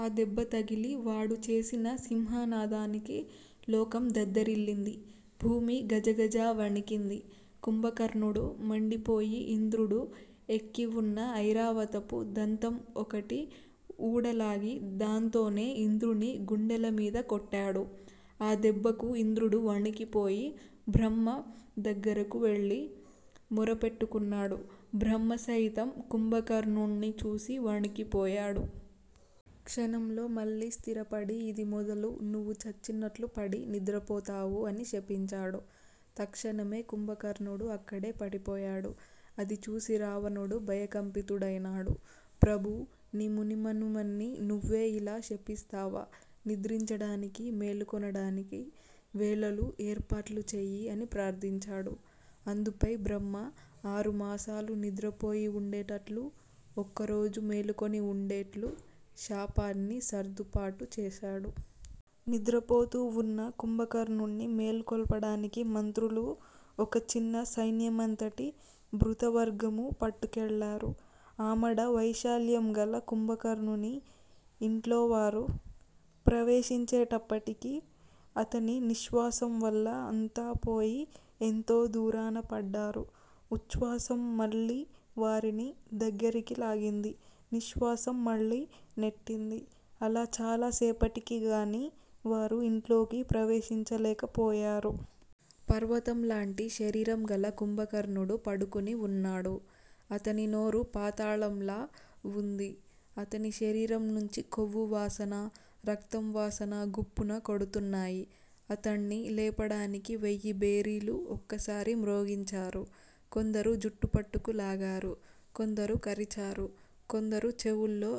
ఆ దెబ్బతగిలి వాడు చేసిన సింహనాదానికి లోకం దద్దరిల్లింది. భూమి గజగజా వణికింది. కుంభకర్ణుడు మండిపోయి ఇంద్రుడు ఎక్కి వున్న ఐరావతపు దంతం ఒకటి ఊడలాగి దాంతోనే ఇంద్రుని గుండెలమీద కొట్టాడు. ఆ దెబ్బకు ఇంద్రుడు వణికిపోయి బ్రహ్మ దగ్గరకు వెళ్లి మొరపెట్టకున్నాడు. బ్రహ్మ సహితం కుంభకర్ణుణ్ణి చూసి వణికిపోయాడు. క్షణంలో మళ్లీ స్థిరపడి ఇది మొదలు నువ్వు చచ్చినట్లుపడి నిద్రపోతావు అని శపించాడు. తక్షణమే కుంభకర్ణుడు అక్కడే పడిపోయాడు. అది చూసి రావణుడు భయకంపితుడైనాడు. ప్రభూ! నీ ముని మనుమణ్ని నువ్వే ఇలా శపిస్తావా? నిద్రించడానికి మేల్కొనడానికి వేళలు ఏర్పాట్లు చెయ్యి అని ప్రార్దించాడు. అందుపై బ్రహ్మ 'ఆరు మాసాలు నిద్రపోయి వుండేటట్లూ, ఒక్కరోజు మేలుకొని వుండేట్లూ, శాపాన్ని సర్దుపాటు చేశాడు. నిద్రపోతూ వున్న కుంభకర్ణుణ్ని మేల్కొల్పడానికి మంత్రులూ, ఒక చిన్న సైన్యమంతటి భృతవర్గమూ పట్టుకెళ్లారు. ఆమడ వైశాల్యంగల కుంభకర్ణుని ఇంట్లోవారు ప్రవేశించేటప్పటికి అతని నిశ్శ్వాసం వల్ల అంతా పోయి ఎంతో దూరాన పడ్డారు. ఉచ్చ్వాసం మళ్లీ వారిని దగ్గరికి లాగింది. నిశ్శ్వాసం మళ్లీ నెట్టింది. అలా చాలా సేపటికిగాని వారు ఇంట్లోకి ప్రవేశించలేకపోయారు. పర్వతంలాంటి శరీరంగల కుంభకర్ణుడు పడుకుని వున్నాడు. అతని నోరు పాతాళంలా వుంది. అతని శరీరం నుంచి కొవ్వు వాసనా, రక్తం వాసనా గుప్పున కొడుతున్నాయి. అతణ్ని లేపడానికి వెయ్యిభేరీలు ఒక్కసారి మ్రోగించారు. కొందరు జుట్టు పట్టుకులాగారు. కొందరు కరిచారు. కొందరు చెవుల్లో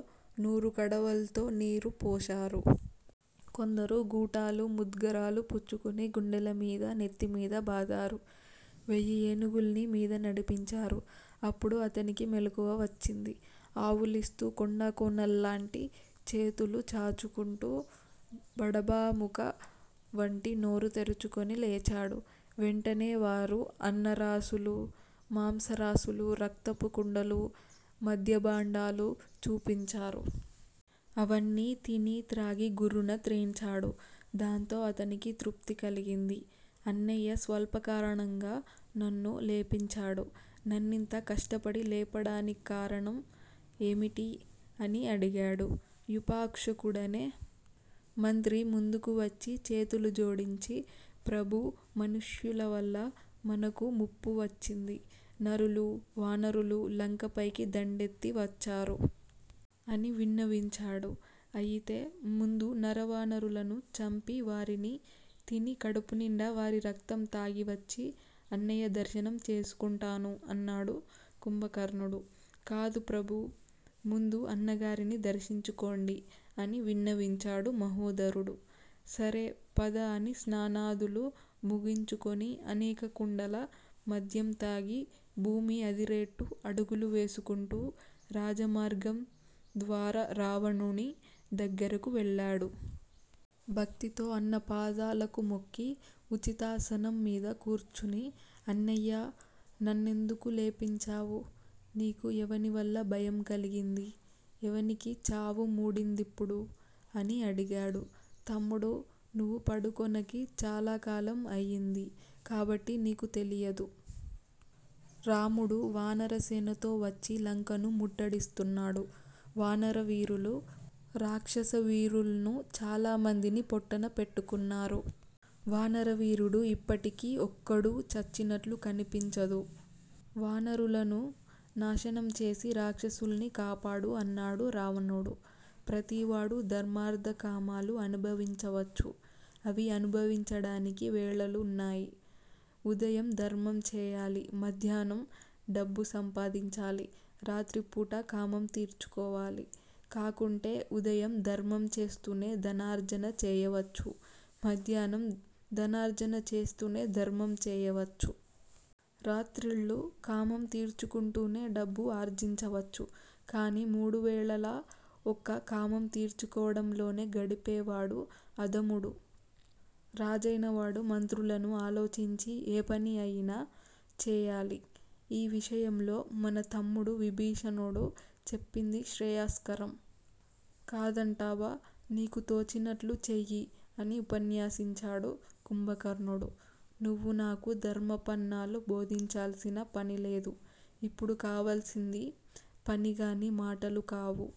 నూరుకడవల్తో నీరు పోశారు. కొందరు గూటాలూ ముద్గరాలూ పుచ్చుకుని గుండెలమీదా నెత్తి మీదా బాదారు. వెయ్యి ఏనుగుల్ని మీద నడిపించారు. అప్పుడు అతనికి మెలకువ వచ్చింది. ఆవులిస్తూ, కొండకొనల్లాంటి చేతులు చాచుకుంటూ, బడబాముఖ వంటి నోరు తెరుచుకొని లేచాడు. వెంటనే వారు అన్నరాసులూ, మాంసరాసులూ, రక్తపు కుండలూ, మద్యభాండాలూ చూపించారు. అవన్నీ తిని త్రాగీ గుర్రున త్రేన్చాడు. దాంతో అతనికి తృప్తి కలిగింది. అన్నయ్య స్వల్పకారణంగా నన్ను లేపించాడు. నన్నింత కష్టపడి లేపడానిక్కారణం ఏమిటి? అని అడిగాడు. యూపాక్షుడనే మంత్రి ముందుకు వచ్చి చేతులు జోడించి ప్రభూ! మనుష్యులవల్ల మనకు ముప్పువచ్చింది. నరులూ, వానరులూ, లంక పైకి దండెత్తి వచ్చారు. ' అని విన్నవించాడు. అయితే ముందు నరవానరులను చంపి వారిని తిని కడుపునిండా వారి రక్తం తాగివచ్చి అన్నయ్య దర్శనం చేసుకుంటాను అన్నాడు కుంభకర్ణుడు. కాదు ప్రభూ! ముందు అన్నగారిని దర్శించుకోండి అని విన్నవించాడు మహోదరుడు. సరే, పద అని స్నానాదులు ముగించుకుని అనేక కుండల మద్యం తాగి భూమి అదిరేట్టు అడుగులు వేసుకుంటూ రాజమార్గం ద్వారా రావణుని దగ్గరకు వెళ్లాడు. భక్తితో అన్నపాదాలకు మొక్కి ఉచితాసనం మీద కూర్చుని అన్నయ్యా! నన్నెందుకు లేపించావు? నీకు ఎవనివల్ల భయం కలిగింది? ఎవనికి చావు మూడిందిప్పుడు? అని అడిగాడు. తమ్ముడూ! నువ్వు పడుకొనకి చాలాకాలం అయింది. కాబట్టి నీకు తెలియదు. రాముడు వానరసేనతో వచ్చి లంకను ముట్టడిస్తున్నాడు. వానరవీరులు రాక్షస వీరుల్ను చాలమందిని పొట్టనపెట్టుకున్నారు. వానర వీరుడు ఇప్పటికి ఒక్కడూ చచ్చినట్లు కనిపించదు. వానరులను నాశనం చేసి రాక్షసుల్ని కాపాడు అన్నాడు రావణుడు. ప్రతివాడూ ధర్మార్దకామాలు అనుభవించవచ్చు. అవి అనుభవించడానికి వేళలున్నాయి. ఉదయం ధర్మంచేయాలి. మధ్యాహ్నం డబ్బు సంపాదించాలి. రాత్రిపూట కామం తీర్చుకోవాలి. కాకుంటే ఉదయం ధర్మంచేస్తూనే ధనార్జనచేయవచ్చు. మధ్యాహ్నం ధనార్జనచేస్తూనే ధర్మం చేయవచ్చు. రాత్రిళ్ళు కామం తీర్చుకుంటూనే డబ్బు ఆర్జించవచ్చు. కాని మూడువేళలా ఒక్క కామం తీర్చుకోవడంలోనే గడిపేవాడు అధముడు. రాజైనవాడు మంత్రులను ఆలోచించి ఏ పని అయినా చేయాలి. ఈ విషయంలో మన తమ్ముడు విభీషణుడు చెప్పింది శ్రేయస్కరం. కాదంటావా నీకు తోచినట్లు చెయ్యి అని ఉపన్యసించాడు కుంభకర్ణుడు. నువ్వు నాకు ధర్మపన్నాలు బోధించాల్సిన పనిలేదు. ఇప్పుడు కావాల్సింది. పనిగాని మాటలుకావు.